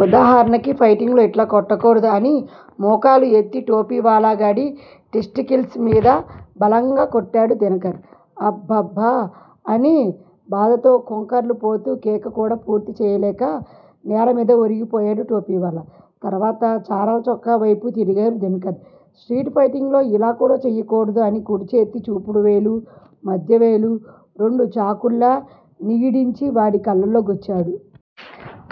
వుదాహరణకి ఫైటింగులో ఇట్లా కొట్టకూడదు! అని మోకాలు ఎత్తి టోపీవాలాగాడి టెస్టికిల్స్ మీద బలంగా కొట్టాడు దినకర్. అబ్ బ్ అని బాధతో కొంకర్లు పోతూ కేక కూడా పూర్తి చెయ్యలేక నేలమీద ఒరిగిపోయాడు టోపీవాలా. తర్వాత చారలచొక్కా వైపు తిరిగాడు దినకర్. స్ట్రీట్ ఫైటింగులో ఇలా కూడా చెయ్యకూడదు అని కుడిచేతి చూపుడువేలు, మధ్యవేలు రెండూ చాకుల్లా నిగిడించి వాడి కళ్ళల్లో గుచ్చాడు.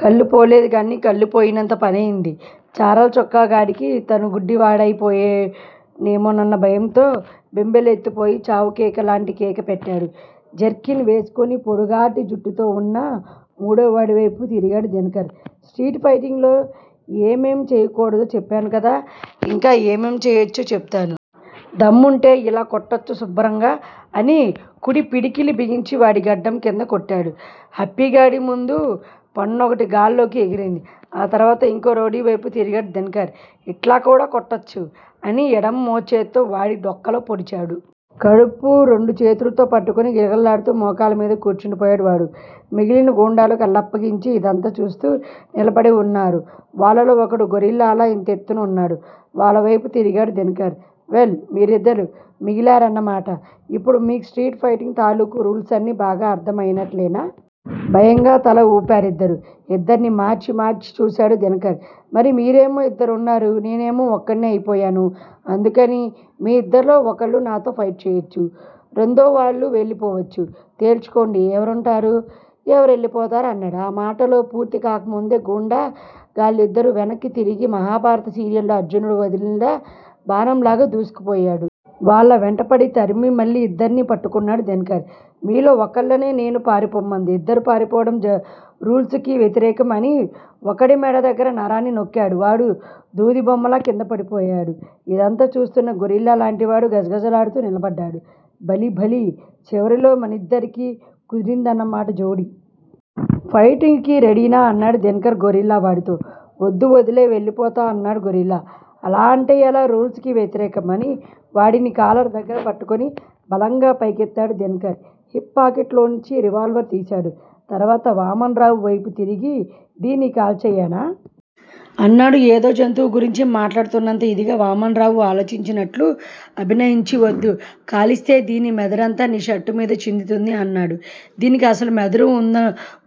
కళ్ళు పోలేదు గానీ కళ్ళుపోయినంత పనైంది చారల చొక్కా గాడికి. తనుగుడ్డి వాడయి పోయానేమోనన్న భయంతో బెంబేలెత్తిపోయి చావుకేకలాంటి కేక పెట్టాడు. జెర్కిన్ వేసుకుని పొడుగాటి జుట్టుతో ఉన్న మూడోవాడివైపు తిరిగాడు దినకర్. స్ట్రీట్ ఫైటింగులో ఏమేం చెయ్యకూడదో చెప్పాను కదా. ఇంకా ఏమేం చేయొచ్చో చెబుతాను. దమ్ముంటే ఇలా కొట్టొచ్చు సుబ్బరంగా అని కుడి పిడికిలి బిగించి వాడి గడ్డం కింద కొట్టాడు. హిప్పీగాడి ముందు పన్నొకటి గాల్లోకి ఎగిరింది. ఆ తర్వాత ఇంకో రౌడీ వైపు తిరిగాడు దినకర్. ఇట్లా కూడా కొట్టొచ్చు! అని ఎడం మోచేత్తో వాడి డొక్కలో పొడిచాడు. కడుపు రెండు చేతులతో పట్టుకుని గిలగిల్లాడుతూ మోకాళ్ళమీద కూర్చుండిపోయాడు వాడు. మిగిలిన గూండాలు కళ్ళప్పగించి ఇదంతా చూస్తూ నిలబడి వున్నారు వాళ్ళలో ఒకడు గొరిల్లాలా ఇంతెత్తున ఉన్నాడు. వాళ్ళవైపు తిరిగాడు దినకర్. వెల్! మీరిద్దరూ మిగిలారన్నమాట! ఇప్పుడు మీకు స్ట్రీట్ ఫైటింగ్ తాలూకు రూల్సన్నీ బాగా అర్ధం అయినట్లేనా? భయంగా తల ఊపారిద్దరూ. ఇద్దర్నీ మార్చి మార్చి చూశాడు దినకర్. మరి మీరేమో ఇద్దరున్నారు. నేనేమో ఒక్కడ్నే అయిపోయాను. అందుకని మీ ఇద్దరిలో ఒకళ్ళు నాతో ఫైట్ చేయొచ్చు. రెందోవాళ్ళు వెళ్ళిపోవచ్చు. తేల్చుకోండి! ఎవరుంటారు? ఎవరెళ్ళిపోతారు? అన్నాడు. ఆ మాటలు పూర్తికాకముందే గూండా గాళ్లిద్దరూ వెనక్కి తిరిగి మహాభారత సీరియల్లో అర్జునుడు వదిలిన బాణంలాగా దూసుకుపోయాడు. వాళ్ళ వెంటపడి తరిమి మళ్ళీ ఇద్దరినీ పట్టుకున్నాడు దినకర్. మీలో ఒకళ్ళనే నేను పారిపొమ్మంది. ఇద్దరూ పారిపోవడం రూల్సుకి వ్యతిరేకం. అని ఒకడి మెడ దగ్గర నరాన్ని నొక్కాడు. వాడు దూదిబొమ్మలా కిందపడిపోయాడు. ఇదంతా చూస్తున్న గొరిల్లా లాంటివాడు గజగజలాడుతూ నిలబడ్డాడు. భళి భళీ! చివరిలో మనిద్దరికీ కుదిరిందన్నమాట జోడీ! ఫైటింగ్ కి రెడీనా? అన్నాడు దినకర్ గొరిల్లా వాడితో. వద్దు వదిలెయ్ వెళ్ళిపోతా! అన్నాడు గొరిల్లా. అలా అంటే ఎలా? రూల్స్ కి వ్యతిరేకం! అని వాడిని కాలర్ దగ్గర పట్టుకుని బలంగా పైకెత్తాడు దినకర్. హిప్ పాకెట్ లోంచి రివాల్వర్ తీశాడు. తర్వాత వామనరావు వైపు తిరిగి దీన్ని కాల్చెయ్యనా? అన్నాడు ఏదో జంతువు గురించి మాట్లాడుతున్నంత ఇదిగా. వామనరావు ఆలోచించినట్లు అభినయించి వద్దు! కాలిస్తే దీని మెదడంతా నీ షర్టుమీద చిందుతుంది అన్నాడు. దీనికి అసలు మెదడు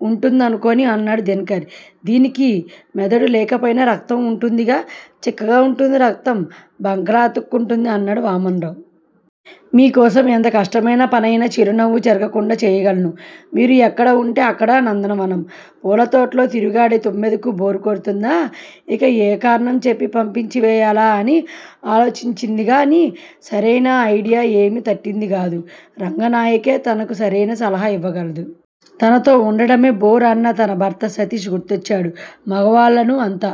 ఉంటుందనుకోను అన్నాడు దినకర్. దీనికి మెదడు లేకపోయినా రక్తం వుంటుందిగా! చిక్కగా వుంటుంది రక్తం! బంకలా అతుక్కుంటుంది అన్నాడు వామనరావు. మీకోసం ఎంత కష్టమైన పనయినా చిరునవ్వు చెరగకుండా చేయగలను. మీరు ఎక్కడ వుంటే అక్కడ నందనవనం. పూలతోటలో తిరుగాడే తుమ్మెదకి బోరు కొడుతుందా? ఇక ఏ కారణం చెప్పి పంపించి వేయాలా అని ఆలోచించిందిగానీ సరైన ఐడియా ఏమీ తట్టింది కాదు. రంగనాయకే తనకు సరైన సలహా ఇవ్వగలదు. తనతో వుండడమే బోర్ అన్న తన భర్త సతీష్ గుర్తొచ్చాడు. మగవాళ్ళను అంత